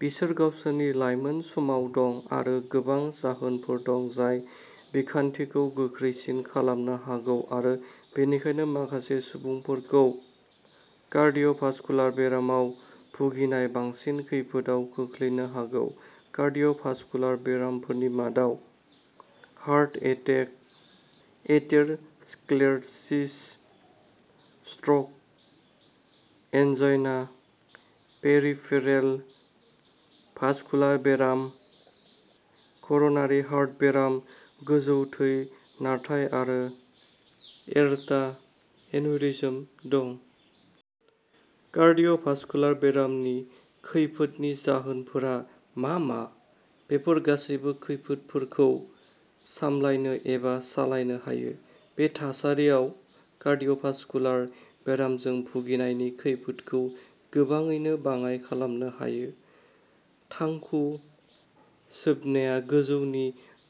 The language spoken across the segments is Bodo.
बिसोर गावसोरनि लायमोन समाव दं आरो गोबां जाहोनफोर दं जाय बिखान्थिखौ गोख्रैसिन खालामनो हागौ आरो बेनिखायनो माखासे सुबुंफोरखौ कार्डिय'भास्कुलार बेरामाव भुगिनाय बांसिन खैफोदाव खोख्लैनो हागौ। कार्डिय'भास्कुलार बेरामफोरनि मादाव heart attack, atherosclerosis, stroke, angina, peripheral vascular बेराम, कर'नारि हार्ट बेराम, गोजौ थै नारथाय आरो ए'र्टा एन्युरिज्म दं। कार्डिय'भास्कुलार बेरामनि खैफोदनि जाहोनफोरा मा मा? बेफोर गासैबो खैफोदफोरखौ सामलायनो एबा सोलायनो हायो, बे थासारियाव कार्डिय'भास्कुलार बेरामजों भुगिनायनि खैफोदखौ गोबाङैनो बाङाय खालामनो हायो। थांखु सोबनाया गोजौनि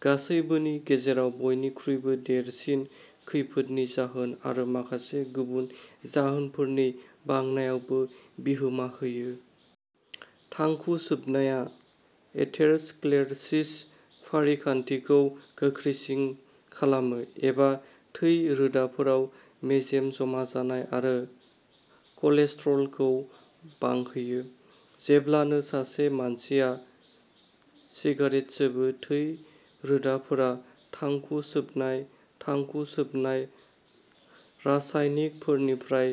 गासैबोनि गेजेराव बयनिख्रुइबो देरसिन खैफोदनि जाहोन आरो माखासे गुबुन जाहोनफोरनि बांनायावबो बिहोमा होयो। थांखु सोबनाया एथेर'स्क्लेर'सिसनि फारिखान्थिखौ गोख्रैसिन खालामो, एबा थै रोदाफोराव मेजेम जमा जानाय आरो कलेस्ट्रलखौ बांहोयो। जेब्लानो सासे मानसिया सिगारेट सोबो, थै रोदाफोरा थांखु सोबनाय थांखु सोबनाय रासायनिकफोरनिफ्राय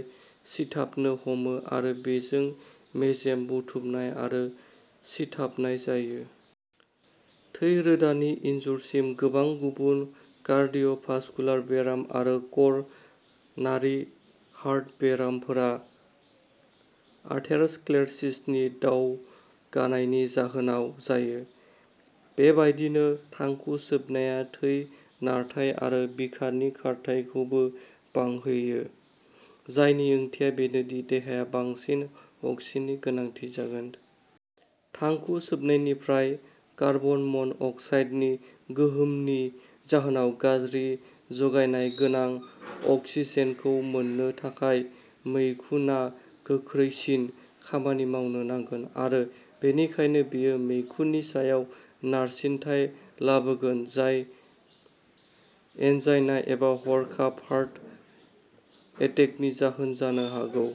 सिथाबनो हमो आरो बेजों मेजेम बुथुमनाय आरो सिथाबनाय जायो। थै रोदानि इन्जुरसिम। गोबां गुबुन कार्डिय "भास्कुलार बेराम आरो कर" नारि हार्ट बेरामफोरा आथेर "स्क्लेरसिसनि दावगानायनि जाहोनाव जायो। बेबायदिनो थांखु सोबनाया थै नारथाय आरो बिखानि खारथाइखौबो बांहोयो जायनि ओंथिया बेनोदि देहाया बांसिन अक्सिजेननि गोनांथि जागोन। थांखु सोबनायनिफ्राय कार्बन मन" अक्साइडनि गोहोमनि जाहोनाव गाज्रि जगायनाय गोनां अक्सिजेनखौ मोननो थाखाय मैखुना गोख्रैसिन खामानि मावनो नांगोन आरो बेनिखायनो बेयो मैखुननि सायाव नारसिनथाय लाबोगोन, जाय एन्जाइना एबा हरखाब हार्ट एटेकनि जाहोन जानो हागौ।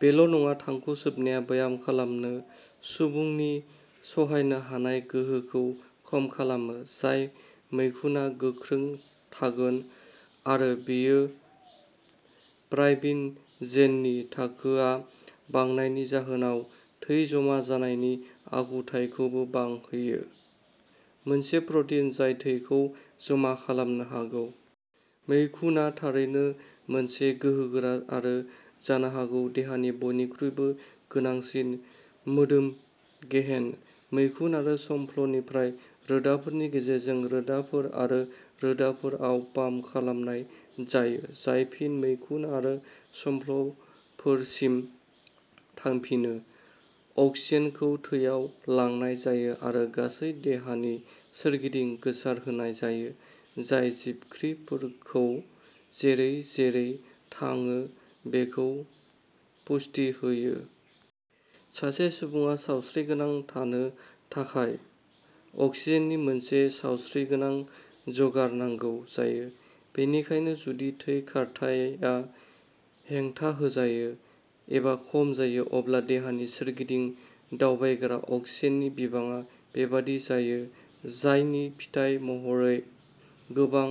बेल "नङा, थांखु सोबनाया ब्याम खालामनो सुबुंनि सहायनो हानाय गोहोखौ खम खालामो, जाय मैखुना गोख्रों थागोन आरो बेयो फाइब्रिन" जेननि थाखोआ बांनायनि जाहोनाव थै जमा जानायनि आखुथायखौबो बांहोयो, मोनसे प्रटिन जाय थैखौ जमा खालामनो हागौ। मैखुना थारैनो मोनसे गोहोगोरा आरो जानो हागौ देहानि बयनिख्रुइबो गोनांसिन मोदोम गेहेन। मैखुन आरो संफ्लनिफ्राय रोदाफोरनि गेजेरजों रोदाफोर आरो रोदाफोर आव पाम्प खालामनाय जायो, जाय फिन मैखुन आरो संफ्लफोरसिम थांफिनो। अक्सिजेनखौ थैयाव लांनाय जायो आरो गासै देहानि सोरगिदिं गोसारहोनाय जायो, जाय जिबख्रिफोरखौ जेरै-जेरै थाङो बेखौ पुष्टि होयो। सासे सुबुङा सावस्रिगोनां थानो थाखाय अक्सिजेननि मोनसे सावस्रिगोनां जगार नांगौ जायो। बेनिखायनो जुदि थै खारथाया हेंथाहोजायो एबा खम जायो, अब्ला देहानि सोरगिदिं दावबायग्रा अक्सिजेननि बिबाङा बेबादि जायो, जायनि फिथाय महरै गोबां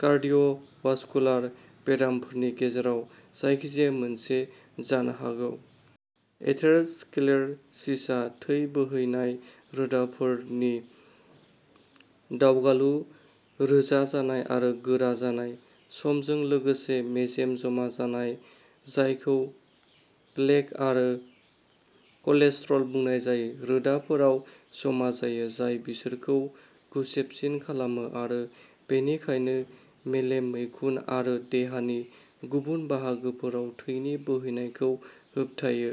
कार्डिय'वास्कुलार बेरामफोरनि गेजेराव जायखिजाया मोनसे जानो हागौ। एथेर'स्क्लेर'सिसआ थै बोहैनाय रोदाफोरनि दावगालु रोजा जानाय आरो गोरा जानाय। समजों लोगोसे, मेजेम जमा जानाय, जायखौ प्लेक आरो कलेस्ट्रल बुंनाय जायो, रोदाफोराव जमा जायो, जाय बिसोरखौ गुसेबसिन खालामो आरो बेनिखायनो मेलेम, मैखुन आरो देहानि गुबुन बाहागोफोराव थैनि बोहैनायखौ होबथायो।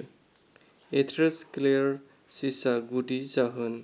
एथेर'स्क्लेर'सिसआ गुदि जाहोन।